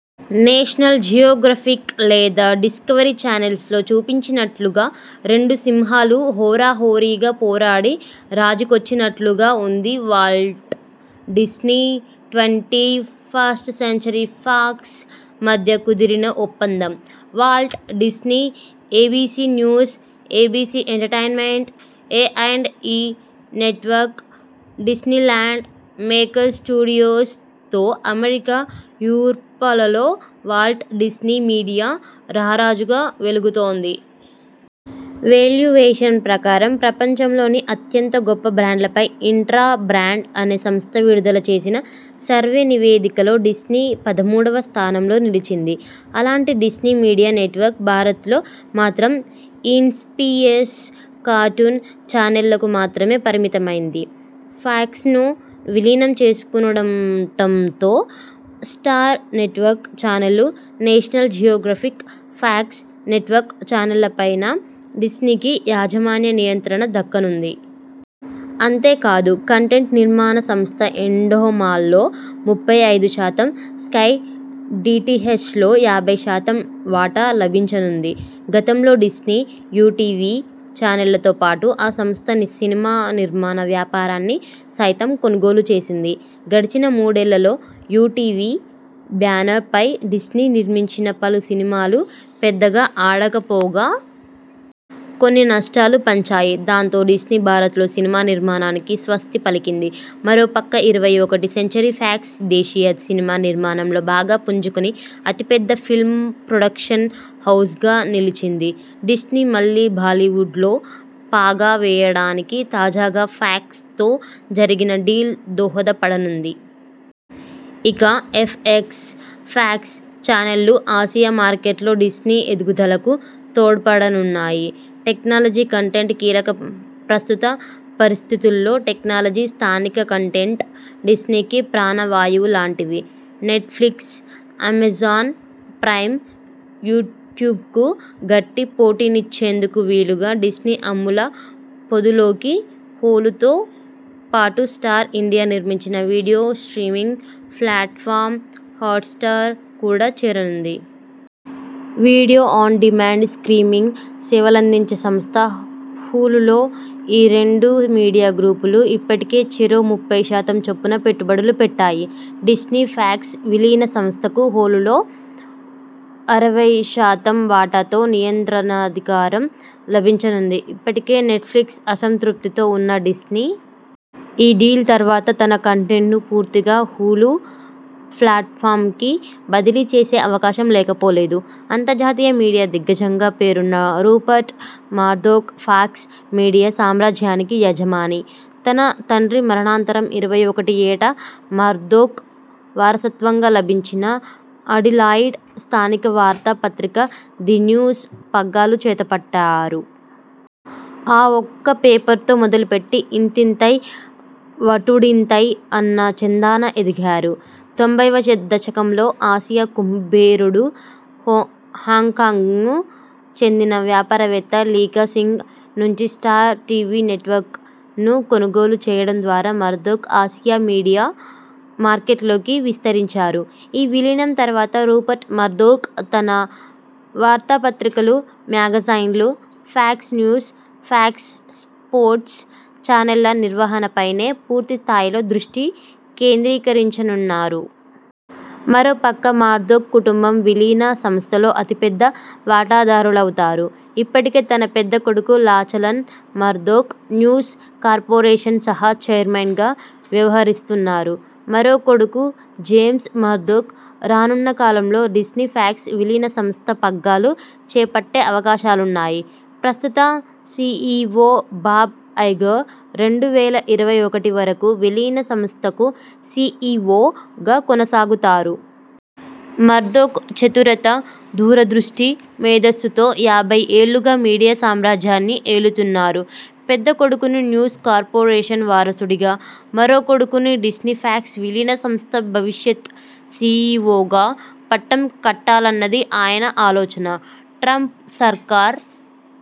National Geographic లేదా Discovery channels లో చూపించినట్లుగా రెండు సింహాలు హోరాహోరీగా పోరాడి రాజీకొచ్చినట్లుగా ఉంది Walt Disney- twenty first century Fox మధ్య కుదిరిన ఒప్పందం. Walt Disney, ABC News, ABC entertainment, A and E network, Disneyland, Maker Studios తో అమెరికా, యూర్పలలో వాల్ట్ డిస్నీ మీడియా రారాజుగా వెలుగుతోంది. వేల్యువేషన్ ప్రకారం.. ప్రపంచంలోని అత్యంత గొప్ప బ్రాండ్లపై ఇంట్రా బ్రాండ్ అనే సంస్థ విడుదల చేసిన సర్వే నివేదికలో డిస్నీ పదమూడువ స్థానంలో నిలిచింది. అలాంటి డిస్నీ మీడియా నెట్వర్క్ భారత్లో మాత్రం ఈన్పిఎస్, కార్టూన్ చానెళ్లకు మాత్రమే పరిమితమైంది. ఫాక్స్ను విలీనం చేసుకోనుండటంతో స్టార్ నెట్వర్క్ చానళ్లు, నేషనల్ జియోగ్రాఫిక్, ఫాక్స్ నెట్వర్క్ చానళ్లపైనా డిస్నీకి యాజమాన్య నియంత్రణ దక్కనుంది. అంతేకాదు కంటెంట్ నిర్మాణ సంస్థ ఎండోమాల్లో ముప్పై ఐదు శాతం, స్కై డిటిహెచ్ లో యాభై శాతం వాటా లభించనుంది. గతంలో డిస్నీ.. యుటీవీ చానెళ్లతో పాటు ఆ సంస్థ సినిమా నిర్మాణ వ్యాపారాన్ని సైతం కొనుగోలుచేసింది. గడిచిన మూడేళ్లలో యుటీవీ బ్యానర్ పై డిస్నీ నిర్మించిన పలు సినిమాలు పెద్దగా ఆడకపోగా.. కొన్ని నష్టాలు పంచాయి. దాంతో డిస్నీ భారత్లో సినిమా నిర్మాణానికి స్వస్తి పలికింది. మరో పక్క ఇరవై ఒకటి సెంచరీ ఫాక్స్ దేశీయ సినిమా నిర్మాణంలో బాగా పుంజుకొని అతి పెద్ద ఫిల్మ్ ప్రొడక్షన్ హౌజ్గా నిలిచింది. డిస్నీ మళ్లీ బాలీవుడ్లో పాగా వేయడానికి తాజాగా ఫాక్స్ తో జరిగిన డీల్ దోహద పడనుంది. ఇక ఎఫ్ఎక్స్, ఫాక్స్ చానళ్లు ఆసియా మార్కెట్లో డిస్నీ ఎదుగుదలకు తోడ్పడనున్నాయి. టెక్నాలజీ కంటెంట్ కీలకం ప్రస్తుత పరిస్థితుల్లో టెక్నాలజీ, స్థానిక కంటెంట్ డిస్నీకి ప్రాణ వాయువు లాంటివి. నెట్ ఫ్లిక్స్, అమెజాన్ ప్రైమ్, యూట్యూబ్కు గట్టి పోటీనిచ్చేందుకు వీలుగా డిస్నీ అమ్ముల పొదిలోకి హులుతో పాటు స్టార్ ఇండియా నిర్మించిన వీడియో స్ట్రీమింగ్ ప్లాట్ఫాం 'హాట్స్టార్' కూడా చేరనుంది. వీడియో ఆన్ డిమాండ్, స్ట్రీమింగ్ సేవలందించే సంస్థ హులులో ఈ రెండు మీడియా గ్రూపులు ఇప్పటికే చెరో ముప్పై శాతం చొప్పున పెట్టుబడులు పెట్టాయి. డిస్నీ-ఫాక్స్ విలీన సంస్థకు హులులో అరవై శాతం వాటాతో నియంత్రణాధికారం లభించనుంది. ఇప్పటికే నెట్ ఫ్లిక్స్ అసంతృప్తితో ఉన్న డిస్నీ.. ఈ డీల్ తర్వాత తన కంటెంట్ను పూర్తిగా హులు ప్లాట్ఫాంకి బదిలీ చేసే అవకాశం లేకపోలేదు. అంతర్జాతీయ మీడియా దిగ్గజంగా పేరున్న రూపర్ట్ మర్దోక్ ఫాక్స్ మీడియా సామ్రాజ్యానికి యజమాని. తన తండ్రి మరణాంతరం ఇరవై ఒకటి ఏట మర్దోక్.. వారసత్వంగా లభించిన అడిలాయిడ్ స్థానిక వార్తా పత్రిక 'ది న్యూస్' పగ్గాలు చేతపట్టారు. ఆ ఒక్క పేపర్తో మొదలుపెట్టి ఇంతింతై వటుడింతై అన్న చందాన ఎదిగారు. తొంభైవ దశకంలో ఆసియా కుబేరుడు, హాంకాంగ్కు చెందిన వ్యాపారవేత్త లీకా సింగ్ నుంచి స్టార్ టీవీ నెట్వర్క్ ను కొనుగోలు చేయడం ద్వారా మర్దోక్ ఆసియా మీడియా మార్కెట్లోకి విస్తరించారు. ఈ విలీనం తర్వాత రూపర్ట్ మర్దోక్ తన వార్తా పత్రికలు, మ్యాగజైన్లు, ఫాక్స్ న్యూస్, ఫాక్స్ స్పోర్ట్స్ ఛానెళ్ల నిర్వహణపైనే పూర్తి స్థాయిలో దృష్టి కేంద్రీకరించనున్నారు. మరోపక్క మర్దోక్ కుటుంబం విలీన సంస్థలో అతిపెద్ద వాటాదారులవుతారు. ఇప్పటికే తన పెద్ద కొడుకు లాచలన్ మర్దోక్.. న్యూస్ కార్పొరేషన్ సహ చైర్మన్గా వ్యవహరిస్తున్నారు. మరో కొడుకు జేమ్స్ మర్దోక్ రానున్నకాలంలో డిస్నీ-ఫాక్స్ విలీన సంస్థ పగ్గాలు చేపట్టే అవకాశాలున్నాయి. ప్రస్తుత సి ఇ ఒ బాబ్ ఐగర్ రెండు వేల ఇరవై ఒకటివరకు విలీన సంస్థకు సి ఇ ఒ గా కొనసాగుతారు. మర్దోక్ చతురత, దూరదృష్టి, మేధస్సుతో యాభై ఏళ్లుగా మీడియా సామ్రాజ్యాన్ని ఏలుతున్నారు. పెద్ద కొడుకును న్యూస్ కార్పొరేషన్ వారసుడిగా, మరో కొడుకును డిస్నీ-ఫాక్స్ విలీన సంస్థ భవిష్యత్ సి ఇ ఒ గా పట్టం కట్టాలన్నది ఆయన ఆలోచన. ట్రంప్ సర్కారు